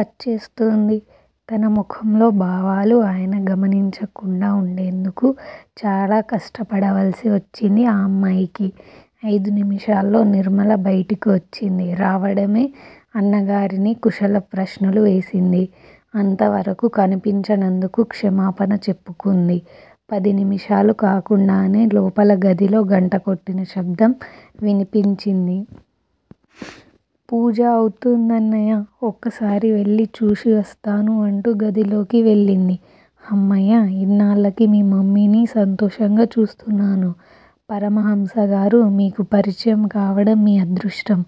వచ్చేస్తోంది తన ముఖంలో భావాలు ఆయన గమనించకుండా ఉండేందుకు చాలా కష్టపడవలసి వచ్చింది ఆ అమ్మాయికి. అయిదు నిమిషాల్లో నిర్మల బయటకు వచ్చింది. రావడమే అన్నగారిని కుశల ప్రశ్నలు వేసింది. అంత వరకూ కనిపించనందుకు క్షమాపణ చెప్పుకుంది. పది నిముషాలు కాకుండానే లోపల గదిలో గంట కొట్టిన శబ్దం వినిపించింది. పూజ అవుతుందన్నయ్యా ఒక్కసారి వెళ్ళి చూసి వస్తాను అంటూ గదిలోకి వెళ్ళింది. హమ్మయ్యా! ఇన్నాళ్ళకు మీ మమ్మీని సంతోషంగా చూస్తున్నాను. పరమహంసగారు మీకు పరిచయం కావడం మీ అదృష్టం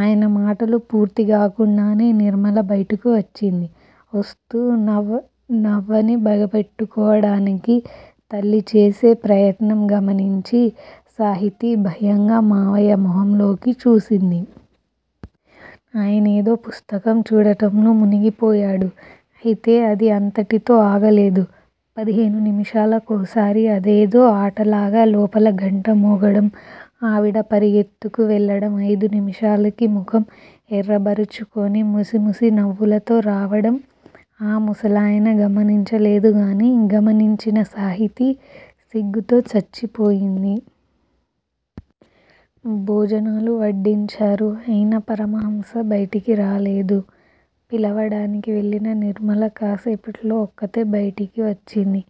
ఆయన మాటలు పూర్తిగాకుండానే నిర్మల బైటకు వచ్చింది. వస్తున్న నవ్వని బగపట్టుకోవడానికి తల్లిచేసే ప్రయత్నం గమనించి, సాహితి భయంగా మావయ్య మొహంలోకి చూసింది. ఆయనేదో పుస్తకం చూడటంలో మునిగిపోయాడు. అయితే అది అంతటితో ఆగలేదు. పదిహేను నిమిషాలకోసారి అదేదో ఆటలాగా లోపల గంట మోగడం ఆవిడ పరుగెత్తుకు వెళ్ళడం అయిదు నిమిషాలకి ముఖం ఎర్రబరుచుకొని ముసిముసి నవ్వులతో రావడం ఆ ముసలయన గమనించలేదు గాని, గమనించిన సాహితి సిగ్గుతో చచ్చిపోయింది. భోజనాలు వడ్డించారు. అయినా పరమహంస బయటికి రాలేదు. పిలవడానికి వెళ్ళిన నిర్మల కాస్సేపట్లో ఒక్కతే బయటికి వచ్చింది.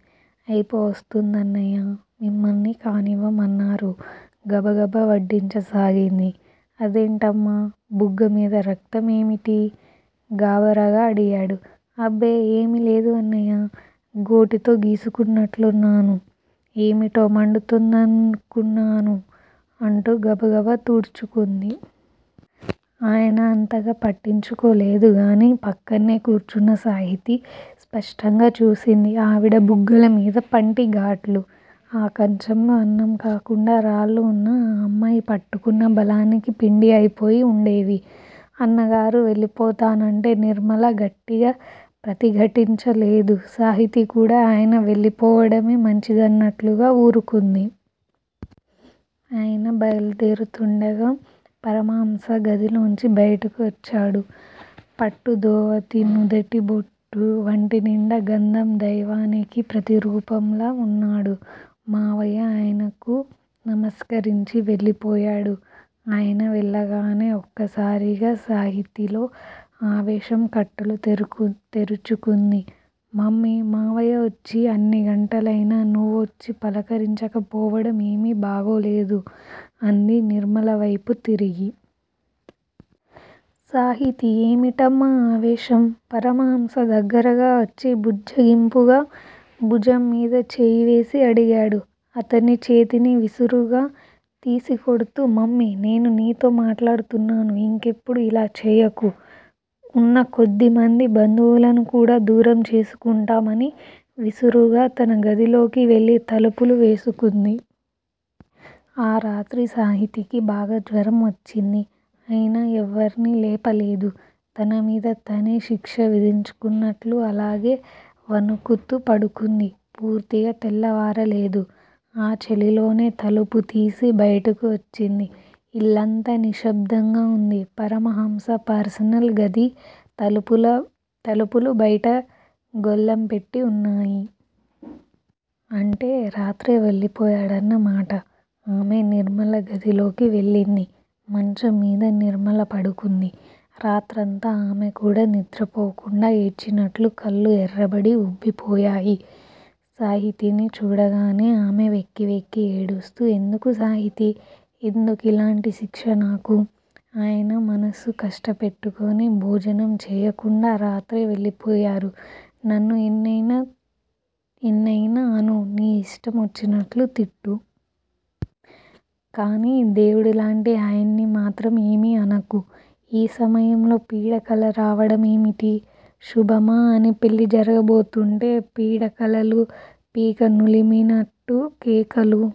అయిపోవస్తుందన్నయ్యా! మిమ్మల్ని కానివ్వమన్నారు గబగబా వడ్డించసాగింది. అదేంటమ్మా బుగ్గమీద రక్తం ఏమిటీ? గాబరాగా అడిగాడు. అబ్బే, ఏమీ లేదు అన్నయ్యా! గోటితో గీసుకునట్లున్నాను. ఏమిటో మండుతుందనుకున్నాను అంటూ గబగబా తుడుచుకుంది. ఆయనంతగా పట్టించుకోలేదు గాని, పక్కనే కూర్చున్న సాహితి స్పష్టంగా చూసింది ఆవిడ బుగ్గల మీద పంటిగాట్లు! ఆ కంచంలో అన్నం కాకుండా, రాళ్ళు వున్నా ఆ అమ్మాయి పట్టుకున్న బలానికి పిండి అయిపోయి వుండేవి. అన్నగారు వెళ్ళిపోతానంటే నిర్మల గట్టిగా ప్రతిఘటించలేదు. సాహితి కూడా ఆయన వెళ్ళిపోవడమే మంచిదన్నట్లుగా వూరుకుంది. ఆయన బయలు దేరుతుండగా పరమహంస గదిలోంచి బయటకు వచ్చాడు. పట్టు ధోవతి, నుదుటి బొట్టూ, వంటినిండా గంధం దైవానికి ప్రతిరూపంలా వున్నాడు. మావయ్య ఆయనకు నమస్కరించి వెళ్ళిపోయాడు. ఆయన వెళ్ళగానే ఒక్కసారిగా సాహితిలో ఆవేశం కట్టలు తెరుచుకుంది. మమ్మీ! మావయ్య వచ్చి అన్ని గంటలైనా నువ్వు వచ్చి పలకరించకపోవడం ఏమీ బాగోలేదు అంది నిర్మలవైపు తిరిగి. సాహితీ! ఏమిటమ్మా ఆవేశం? పరమహంస దగ్గరగా వచ్చి బుజ్జగింపుగా భుజంమీద చెయ్యివేసి అడిగాడు. అతని చేతిని విసురుగా తీసికొడ్తూ మమ్మీ నేను నీతో మాట్లాడుతున్నాను ఇంకెప్పుడూ ఇలా చేయకు. ఉన్న కొద్దిమంది బంధువులను కూడా దూరం చేసుకుంటాం అని విసురుగా తన గదిలోకి వెళ్ళి తలుపులు వేసుకుంది. ఆ రాత్రి సాహితికి బాగా జ్వరం వచ్చింది. అయినా ఎవర్నీ లేపలేదు. తనమీద తనే శిక్ష విధించుకున్నట్లు అలాగే వణుకుతూ పడుకుంది. పూర్తిగా తెల్లవారలేదు. ఆ చలిలోనే తలుపు తీసి బయటకు వచ్చింది. ఇల్లంతా నిశ్శబ్దంగా వుంది. పరమహంస పర్సనల్ గది తలుపులు బయట గొళ్ళెం పెట్టి వున్నాయి. అంటే రాత్రే వెళ్ళిపోయాడన్నమాట. ఆమె నిర్మల గదిలోకి వెళ్ళింది. మంచం మీద నిర్మల పడుకుంది. రాత్రంతా ఆమెకూడా నిద్రపోకుండా ఏడ్చినట్లు కళ్ళు ఎర్రబడి వుబ్బి పోయాయి. సాహితిని చూడగానే ఆమె వెక్కి వెక్కి ఏడుస్తూ ఎందుకు సాహితీ! ఎందుకిలాంటి శిక్ష నాకు? ఆయన మనసు కష్టపెట్టుకుని భోజనం చెయ్యకుండా రాత్రే వెళ్ళిపోయారు నన్ను ఎన్నయినా అను నీ ఇష్టం వచ్చినట్లు తిట్టు. కానీ దేవుడిలాంటి ఆయన్ని మాత్రం ఏమీ అనకు. ఈ సమయంలో పీడకల రావడం ఏమిటి? శుభమా అని పెళ్ళి జరగబోతుంటే పీడకలలూ, పీక నులిమినట్టు కేకలూ-